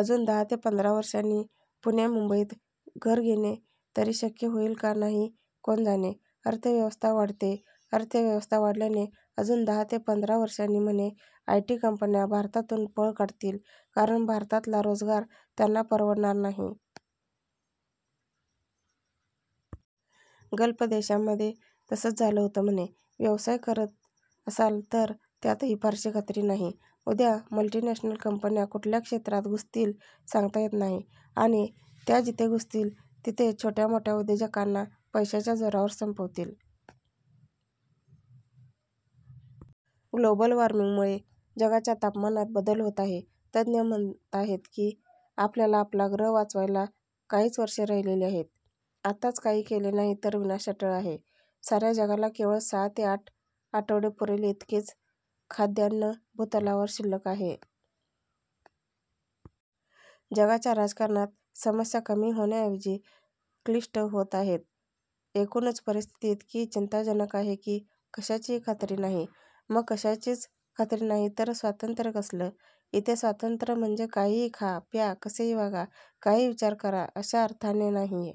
अजून दहा ते पंधरा वर्षांनी पुणे मुंबईत घर घेणे तरी शक्य होईल का नाही कोण जाणे. अर्थव्यवस्था वाढतेय. अर्थव्यवस्था वाढल्याने अजून दहा ते पंधरा वर्षांनी म्हणे आयटी कंपन्या भारतातून पळ काढतील कारण भारतातला रोजगार त्यांना परवडणार नाही. गल्फ देशांमध्ये तसंच झालं होतं म्हणे. व्यवसाय करत असाल तर त्यातही फारशी खात्री नाही. उद्या मल्टीनॅशनल कंपन्या कुठल्या क्षेत्रात घुसतील सांगता येत नाही. आणि त्या जिथे घुसतील तिथे छोट्या मोठ्या उद्योजकांना पैशाच्या जोरावर संपवतील. ग्लोबल वॉर्मिंगमुळे जगाच्या तापमानात बदल होत आहे. तज्ञ म्हणत आहेत की आपल्याला आपला ग्रह वाचवायला काहीच वर्षे राहिलेली आहेत. आत्ताच काही केले नाही तर विनाश अटळ आहे. साऱ्या जगाला केवळ सहा ते आठ आठवडे पुरेल इतकेच खाद्यान्न भूतलावर शिल्लक आहे. जगाच्या राजकारणात समस्या कमी होण्याऐवजी क्लिष्ट होत आहेत. एकूणच परिस्थिती इतकी चिंताजनक आहे की कशाचीही खात्री नाही. मग कशाचीच खात्री नाही तर स्वातंत्र्य कसलं? इथे स्वातंत्र्य म्हणजे काहीही खा प्या, कसेही वागा, काहीही विचार करा अशा अर्थाने नाहीये.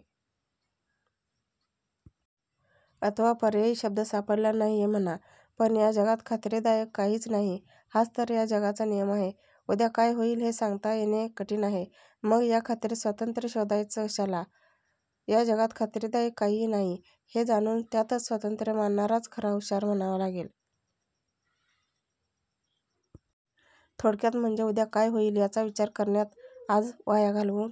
अथवा पर्यायी शब्द सापडला नाहीये म्हणा. पण या जगात खात्रीदायक काहीच नाही हाच तर या जगाचा नियम आहे. उद्या काय होईल हे सांगता येणे कठीण आहे. मग या खात्रीत स्वातंत्र्य शोधायचं कशाला? या जगात खात्रीदायक काहीही नाही, हे जाणून त्यातच स्वातंत्र्य मानणाराच खरा हुशार म्हणावा लागेल. थोडक्यात म्हणजे उद्या काय होईल याचा विचार करण्यात आज वाया घालवून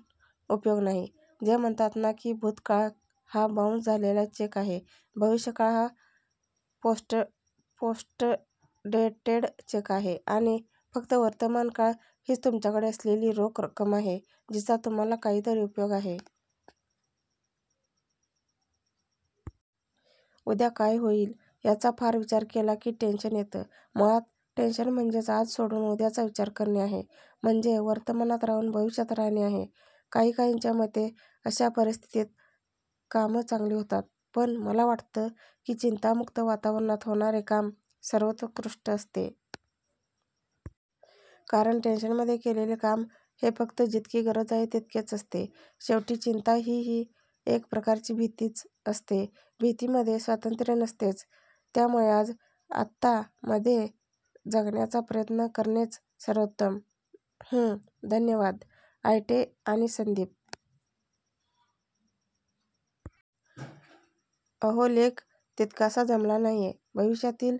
उपयोग नाही. ते म्हणतात ना की 'भूतकाळ हा बाउंस झालेला चेक आहे, भविष्यकाळ हा पोस्टडेटेड चेक आहे आणि फक्त वर्तमानकाळ हीच तुमच्याकडे असलेली रोख रक्कम आहे जिचा तुम्हाला काहीतरी उपयोग आहे'. उद्या काय होईल याचा फार विचार केला की टेन्शन येतं. मुळात टेन्शन म्हणजेच आज सोडून उद्याचा विचार करणे आहे. म्हणजे वर्तमानात राहून भविष्यात राहणे आहे. काहीकाहींच्या मते अशा परिस्थितीत कामं चांगली होतात पण मला वाटतं की चिंतामुक्त वातावरणात होणारे काम सर्वोत्कृष्ट असते. कारण टेन्शनमध्ये केलेले काम हे फक्त जितकी गरज आहे तितकेच असते. शेवटी चिंता हीही एक प्रकारची भीतीच असते. भीतीमध्ये स्वातंत्र्य नसतेच. त्यामुळे आज, आत्ता मध्ये जगण्याचा प्रयत्न करणेच सर्वोत्तम. हम्म धन्यवाद आयटे आणि संदीप. अहो लेख तितकासा जमला नाहीये भविष्यातील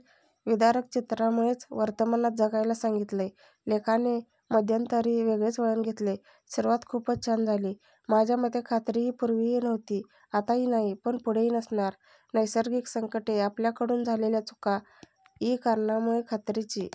विदारक चित्रामुळेच वर्तमानात जगायला सांगितलंय. लेखाने मध्यंतरी वेगळेच वळण घेतले. सुरुवात खूपच छान झाली. माझ्या मते खात्री ही पूर्वीही नव्हती आताही नाही व पुढेही नसणार. नैसर्गिक संकटे, आपल्याकडून झालेल्या चुका इ. कारणांमुळे खात्रीची